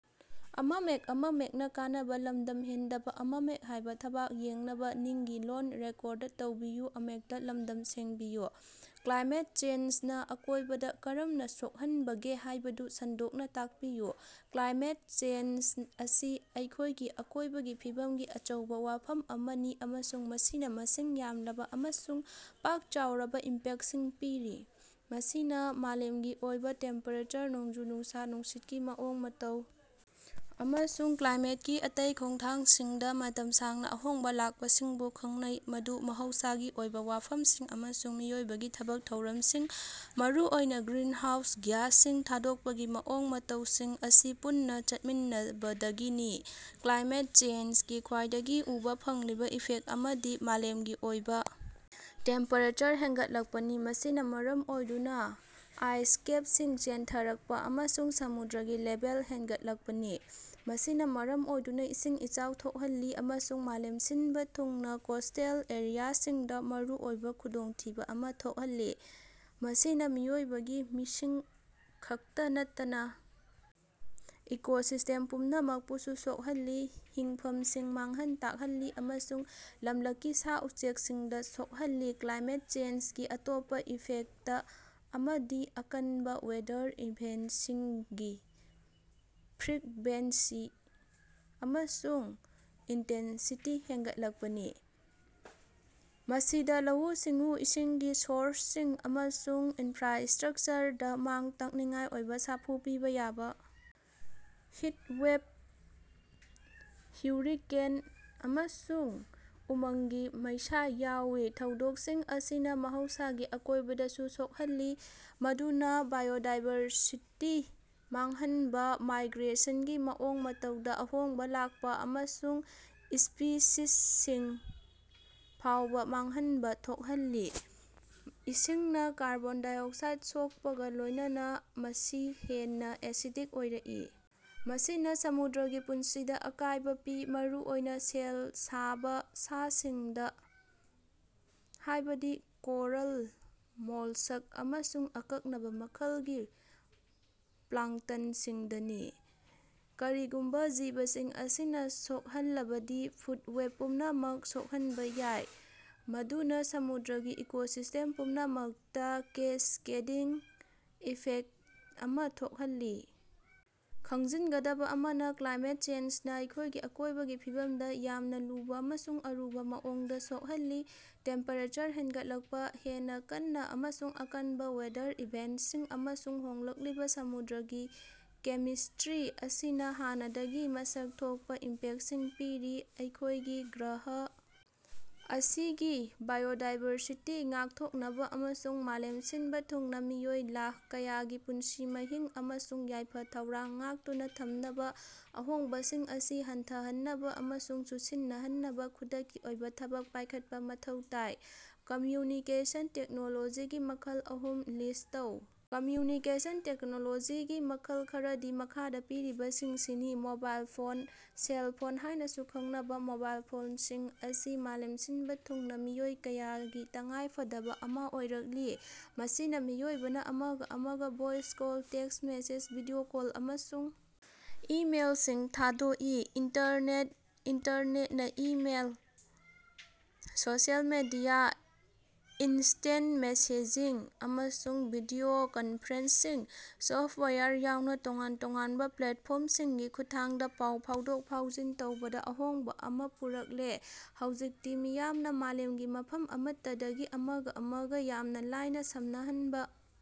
Climate ꯆꯦꯟꯖꯅꯥ ꯑꯀꯣꯏꯕꯗꯥ ꯀꯔꯝꯅꯥ ꯁꯣꯛꯍꯟꯕꯒꯦ ꯍꯥꯏꯕꯗꯨ ꯁꯟꯗꯣꯛꯅꯥ ꯇꯥꯛꯄꯤꯌꯨ꯫ ꯀ꯭ꯂꯥꯏꯃꯦꯠ ꯆꯦꯟꯖ ꯑꯁꯤ ꯑꯩꯈꯣꯏꯒꯤ ꯑꯀꯣꯏꯕꯒꯤ ꯐꯤꯕꯝꯒꯤ ꯑꯆꯧꯕꯥ ꯋꯥꯐꯝ ꯑꯃꯅꯤ ꯑꯃꯁꯨꯡ ꯃꯁꯤꯅꯥ ꯃꯁꯤꯡ ꯌꯥꯝꯂꯕꯥ ꯑꯃꯁꯨꯡ ꯄꯥꯛ ꯆꯥꯎꯔꯕꯥ ꯏꯝꯄꯦꯛꯁꯤꯡ ꯄꯤꯔꯤ꯫ ꯃꯁꯤꯅꯥ ꯃꯥꯂꯦꯝꯒꯤ ꯑꯣꯏꯕꯥ ꯇꯦꯝꯄꯦꯔꯦꯆꯔ, ꯅꯣꯡꯖꯨ-ꯅꯨꯡꯁꯥ, ꯅꯨꯡꯁꯤꯠꯀꯤ ꯃꯑꯣꯡ-ꯃꯇꯧ ꯑꯃꯁꯨꯡ ꯀ꯭ꯂꯥꯏꯃꯦꯠꯀꯤ ꯑꯇꯩ ꯈꯣꯡꯊꯥꯡꯁꯤꯡꯗꯥ ꯃꯇꯝ ꯁꯥꯡꯅꯥ ꯑꯍꯣꯡꯕꯥ ꯂꯥꯛꯄꯁꯤꯡꯕꯨ ꯈꯪꯅꯩ, ꯃꯗꯨ ꯃꯍꯧꯁꯥꯒꯤ ꯑꯣꯏꯕꯥ ꯋꯥꯐꯝꯁꯤꯡ ꯑꯃꯁꯨꯡ ꯃꯤꯑꯣꯏꯕꯒꯤ ꯊꯕꯛ-ꯊꯧꯔꯝꯁꯤꯡ, ꯃꯔꯨꯑꯣꯏꯅꯥ ꯒ꯭ꯔꯤꯟꯍꯥꯎꯁ ꯒ꯭ꯌꯥꯁꯁꯤꯡ ꯊꯥꯗꯣꯛꯄꯒꯤ ꯃꯑꯣꯡ-ꯃꯇꯧꯁꯤꯡ ꯑꯁꯤ ꯄꯨꯟꯅꯥ ꯆꯠꯃꯤꯟꯅꯕꯗꯒꯤꯅꯤ꯫ ꯀ꯭ꯂꯥꯏꯃꯦꯠ ꯆꯦꯟꯖꯒꯤ ꯈ꯭ꯋꯥꯏꯗꯒꯤ ꯎꯕꯥ ꯐꯪꯂꯤꯕꯥ ꯏꯐꯦꯛ ꯑꯃꯗꯤ ꯃꯥꯂꯦꯝꯒꯤ ꯑꯣꯏꯕꯥ ꯇꯦꯝꯄꯦꯔꯦꯆꯔ ꯍꯦꯟꯒꯠꯂꯛꯄꯅꯤ, ꯃꯁꯤꯅꯥ ꯃꯔꯝ ꯑꯣꯏꯗꯨꯅꯥ ꯑꯥꯏꯁ ꯀꯦꯞꯁꯤꯡ ꯆꯦꯟꯊꯔꯛꯄꯥ ꯑꯃꯁꯨꯡ ꯁꯃꯨꯗ꯭ꯔꯒꯤ ꯂꯦꯚꯦꯜ ꯍꯦꯟꯒꯠꯂꯛꯄꯅꯤ꯫ ꯃꯁꯤꯅꯥ ꯃꯔꯝ ꯑꯣꯏꯗꯨꯅꯥ ꯏꯁꯤꯡ ꯏꯆꯥꯎ ꯊꯣꯛꯍꯜꯂꯤ ꯑꯃꯁꯨꯡ ꯃꯥꯂꯦꯝ ꯁꯤꯟꯕꯥ ꯊꯨꯡꯅꯥ ꯀꯣꯁꯇꯦꯜ ꯑꯦꯔꯤꯌꯥꯁꯤꯡꯗꯥ ꯃꯔꯨꯑꯣꯏꯕꯥ ꯈꯨꯗꯣꯡꯊꯤꯕꯥ ꯑꯃꯥ ꯊꯣꯛꯍꯜꯂꯤ꯫ ꯃꯁꯤꯅꯥ ꯃꯤꯑꯣꯏꯕꯒꯤ ꯃꯤꯁꯤꯡ ꯈꯛꯇꯥ ꯅꯠꯇꯅꯥ ꯏꯀꯣꯁꯤꯁꯇꯦꯝ ꯄꯨꯝꯅꯃꯛꯄꯨꯁꯨ ꯁꯣꯛꯍꯜꯂꯤ, ꯍꯤꯡꯐꯝꯁꯤꯡ ꯃꯥꯡꯍꯟ ꯇꯥꯛꯍꯜꯂꯤ ꯑꯃꯁꯨꯡ ꯂꯝꯂꯛꯀꯤ ꯁꯥ-ꯎꯆꯦꯛꯁꯤꯡꯗꯥ ꯁꯣꯛꯍꯜꯂꯤ꯫ ꯀ꯭ꯂꯥꯏꯃꯦꯠ ꯆꯦꯟꯖꯒꯤ ꯑꯇꯣꯞꯄꯥ ꯏꯐꯦꯛꯇ ꯑꯃꯗꯤ ꯑꯀꯟꯕꯥ ꯋꯦꯗꯔ ꯏꯚꯦꯟꯁꯤꯡꯒꯤ ꯐ꯭ꯔꯤꯛꯕꯦꯟꯁꯤ ꯑꯃꯁꯨꯡ ꯏꯟꯇꯦꯟꯁꯤꯇꯤ ꯍꯦꯟꯒꯠꯂꯛꯄꯅꯤ꯫ ꯃꯁꯤꯗꯥ ꯂꯧꯎ-ꯁꯤꯡꯎ, ꯏꯁꯤꯡꯒꯤ ꯁꯣꯔꯁꯁꯤꯡ ꯑꯃꯁꯨꯡ ꯏꯟꯐ꯭ꯔꯥꯁꯇ꯭ꯔꯛꯆꯔꯗꯥ ꯃꯥꯡ-ꯇꯥꯛꯅꯤꯡꯉꯥꯏ ꯑꯣꯏꯕꯥ ꯁꯥꯐꯨ ꯄꯤꯕꯥ ꯌꯥꯕꯥ ꯍꯤꯠꯋꯦꯕ, ꯍꯨꯔꯤꯀꯦꯟ, ꯑꯃꯁꯨꯡ ꯎꯃꯪꯒꯤ ꯃꯩꯁꯥ ꯌꯥꯎꯏ꯫ ꯊꯧꯗꯣꯛꯁꯤꯡ ꯑꯁꯤꯅꯥ ꯃꯍꯧꯁꯥꯒꯤ ꯑꯀꯣꯏꯕꯗꯁꯨ ꯁꯣꯛꯍꯜꯂꯤ, ꯃꯗꯨꯅꯥ ꯕꯥꯏꯑꯣꯗꯥꯏꯕꯔꯁꯤꯇꯤ ꯃꯥꯡꯍꯟꯕꯥ, ꯃꯥꯏꯒ꯭ꯔꯦꯁꯟꯒꯤ ꯃꯑꯣꯡ ꯃꯇꯧꯗꯥ ꯑꯍꯣꯡꯕꯥ ꯂꯥꯛꯄꯥ, ꯑꯃꯁꯨꯡ ꯁ꯭ꯄꯤꯁꯤꯁꯁꯤꯡ ꯐꯥꯎꯕꯥ ꯃꯥꯡꯍꯟꯕꯥ ꯊꯣꯛꯍꯜꯂꯤ꯫ ꯏꯁꯤꯡꯅꯥ ꯀꯥꯔꯕꯣꯟ ꯗꯥꯏꯑꯣꯛꯁꯥꯏꯠ ꯁꯣꯛꯄꯒꯥ ꯂꯣꯏꯅꯅꯥ ꯃꯁꯤ ꯍꯦꯟꯅꯥ ꯑꯦꯁꯤꯗꯤꯛ ꯑꯣꯏꯔꯛꯏ, ꯃꯁꯤꯅꯥ ꯁꯃꯨꯗ꯭ꯔꯒꯤ ꯄꯨꯟꯁꯤꯗꯥ ꯑꯀꯥꯏꯕꯥ ꯄꯤ, ꯃꯔꯨꯑꯣꯏꯅꯥ ꯁꯦꯜ ꯁꯥꯕꯥ ꯁꯥꯁꯤꯡꯗꯥ, ꯍꯥꯏꯕꯗꯤ ꯀꯣꯔꯜ, ꯃꯣꯜꯁꯛ ꯑꯃꯁꯨꯡ ꯑꯀꯛꯅꯕꯥ ꯃꯈꯜꯒꯤ ꯄ꯭ꯂꯥꯡꯇꯟꯁꯤꯡꯗꯅꯤ꯫ ꯀꯔꯤꯒꯨꯝꯕꯥ ꯖꯤꯕꯁꯤꯡ ꯑꯁꯤꯅꯥ ꯁꯣꯛꯍꯜꯂꯕꯗꯤ, ꯐꯨꯗ ꯋꯦꯞ ꯄꯨꯝꯅꯃꯛ ꯁꯣꯛꯍꯟꯕꯥ ꯌꯥꯏ, ꯃꯗꯨꯅꯥ ꯁꯃꯨꯗ꯭ꯔꯒꯤ ꯏꯀꯣꯁꯤꯁꯇꯦꯝ ꯄꯨꯝꯅꯃꯛꯇꯥ ꯀꯦꯁꯀꯦꯗꯤꯡ ꯏꯐꯦꯛꯇ ꯑꯃꯥ ꯊꯣꯛꯍꯜꯂꯤ꯫ ꯈꯪꯖꯤꯟꯒꯗꯕꯥ ꯑꯃꯅꯥ, ꯀ꯭ꯂꯥꯏꯃꯦꯠ ꯆꯦꯟꯖꯅꯥ ꯑꯩꯈꯣꯏꯒꯤ ꯑꯀꯣꯏꯕꯒꯤ ꯐꯤꯕꯝꯗꯥ ꯌꯥꯝꯅꯥ ꯂꯨꯕꯥ ꯑꯃꯁꯨꯡ ꯑꯔꯨꯕꯥ ꯃꯑꯣꯡꯗꯥ ꯁꯣꯛꯍꯜꯂꯤ꯫ ꯇꯦꯝꯄꯦꯔꯦꯆꯔ ꯍꯦꯟꯒꯠꯂꯛꯄꯥ, ꯍꯦꯟꯅꯥ ꯀꯟꯅꯥ ꯑꯃꯁꯨꯡ ꯑꯀꯟꯕꯥ ꯋꯦꯗꯔ ꯏꯚꯦꯟꯇꯁꯤꯡ ꯑꯃꯁꯨꯡ ꯍꯣꯡꯂꯛꯂꯤꯕꯥ ꯁꯃꯨꯗ꯭ꯔꯒꯤ ꯀꯦꯃꯤꯁꯇ꯭ꯔꯤ ꯑꯁꯤꯅꯥ ꯍꯥꯟꯅꯗꯒꯤ ꯃꯁꯛ ꯊꯣꯛꯄꯥ ꯏꯝꯄꯦꯛꯁꯤꯡ ꯄꯤꯔꯤ꯫ ꯑꯩꯈꯣꯏꯒꯤ ꯒ꯭ꯔꯍ ꯑꯁꯤꯒꯤ ꯕꯥꯏꯑꯣꯗꯥꯏꯕꯔꯁꯤꯇꯤ ꯉꯥꯛꯊꯣꯛꯅꯕꯥ ꯑꯃꯁꯨꯡ ꯃꯥꯂꯦꯝ ꯁꯤꯟꯕꯥ ꯊꯨꯡꯅꯥ ꯃꯤꯑꯣꯏ ꯂꯥꯈ ꯀꯌꯥꯒꯤ ꯄꯨꯟꯁꯤ ꯃꯍꯤꯡ ꯑꯃꯁꯨꯡ ꯌꯥꯏꯐ-ꯊꯧꯔꯥꯡ ꯉꯥꯛꯇꯨꯅꯥ ꯊꯝꯅꯕꯥ ꯑꯍꯣꯡꯕꯁꯤꯡ ꯑꯁꯤ ꯍꯟꯊꯍꯟꯅꯕꯥ ꯑꯃꯁꯨꯡ ꯆꯨꯁꯤꯟꯅꯍꯟꯅꯕꯥ ꯈꯨꯗꯛꯀꯤ ꯑꯣꯏꯕꯥ ꯊꯕꯛ ꯄꯥꯏꯈꯠꯄꯥ ꯃꯊꯧ ꯇꯥꯏ꯫ ꯀꯝꯃ꯭ꯌꯨꯅꯤꯀꯦꯁꯟ ꯇꯦꯛꯅꯣꯂꯣꯖꯤꯒꯤ ꯃꯈꯜ ꯑꯍꯨꯝ ꯂꯤꯁ ꯇꯧ꯫ ꯀꯝꯃ꯭ꯌꯨꯅꯤꯀꯦꯁꯟ ꯇꯦꯛꯅꯣꯂꯣꯖꯤꯒꯤ ꯃꯈꯜ ꯈꯔꯗꯤ ꯃꯈꯥꯗꯥ ꯄꯤꯔꯤꯕꯁꯤꯡꯁꯤꯅꯤ: ꯃꯣꯕꯥꯏꯜ ꯐꯣꯟ: ꯁꯦꯜꯐꯣꯟ ꯍꯥꯏꯅꯥꯁꯨ ꯈꯪꯅꯕꯥ ꯃꯣꯕꯥꯏꯜ ꯐꯣꯟꯁꯤꯡ ꯑꯁꯤ ꯃꯥꯂꯦꯝ ꯁꯤꯟꯕꯥ ꯊꯨꯡꯅꯥ ꯃꯤꯑꯣꯏ ꯀꯌꯥꯒꯤ ꯇꯉꯥꯏꯐꯗꯕꯥ ꯑꯃꯥ ꯑꯣꯏꯔꯛꯂꯤ, ꯃꯁꯤꯅꯥ ꯃꯤꯑꯣꯏꯕꯅꯥ ꯑꯃꯒꯥ ꯑꯃꯒꯥ voice call, text message, video call ꯑꯃꯁꯨꯡ ꯏꯃꯦꯜꯁꯤꯡ ꯊꯥꯗꯣꯛꯏ꯫ ꯏꯟꯇꯔꯅꯦꯠ: ꯏꯟꯇꯔꯅꯦꯠꯅꯥ email, social media, instant messaging, ꯑꯃꯁꯨꯡ ꯚꯤꯗꯤꯑꯣ ꯀꯟꯐ꯭ꯔꯦꯟꯁꯁꯤꯡ ꯁꯣꯞꯋꯥꯌꯔ ꯌꯥꯎꯅꯥ ꯇꯣꯉꯥꯟ-ꯇꯣꯉꯥꯟꯕꯥ ꯄ꯭ꯂꯦꯠꯐꯣꯔꯃꯁꯤꯡꯒꯤ ꯈꯨꯠꯊꯥꯡꯗꯥ ꯄꯥꯎ ꯐꯥꯎꯗꯣꯛ-ꯐꯥꯎꯖꯤꯟ ꯇꯧꯕꯗꯥ ꯑꯍꯣꯡꯕꯥ ꯑꯃꯥ ꯄꯨꯔꯛꯂꯦ꯫ ꯍꯧꯖꯤꯛꯇꯤ ꯃꯤꯌꯥꯝꯅꯥ ꯃꯥꯂꯦꯝꯒꯤ ꯃꯐꯝ ꯑꯃꯠꯇꯗꯒꯤ ꯑꯃꯒꯥ ꯑꯃꯒꯥ ꯌꯥꯝꯅꯥ ꯂꯥꯏꯅꯥ ꯁꯝꯅꯍꯟꯕꯥ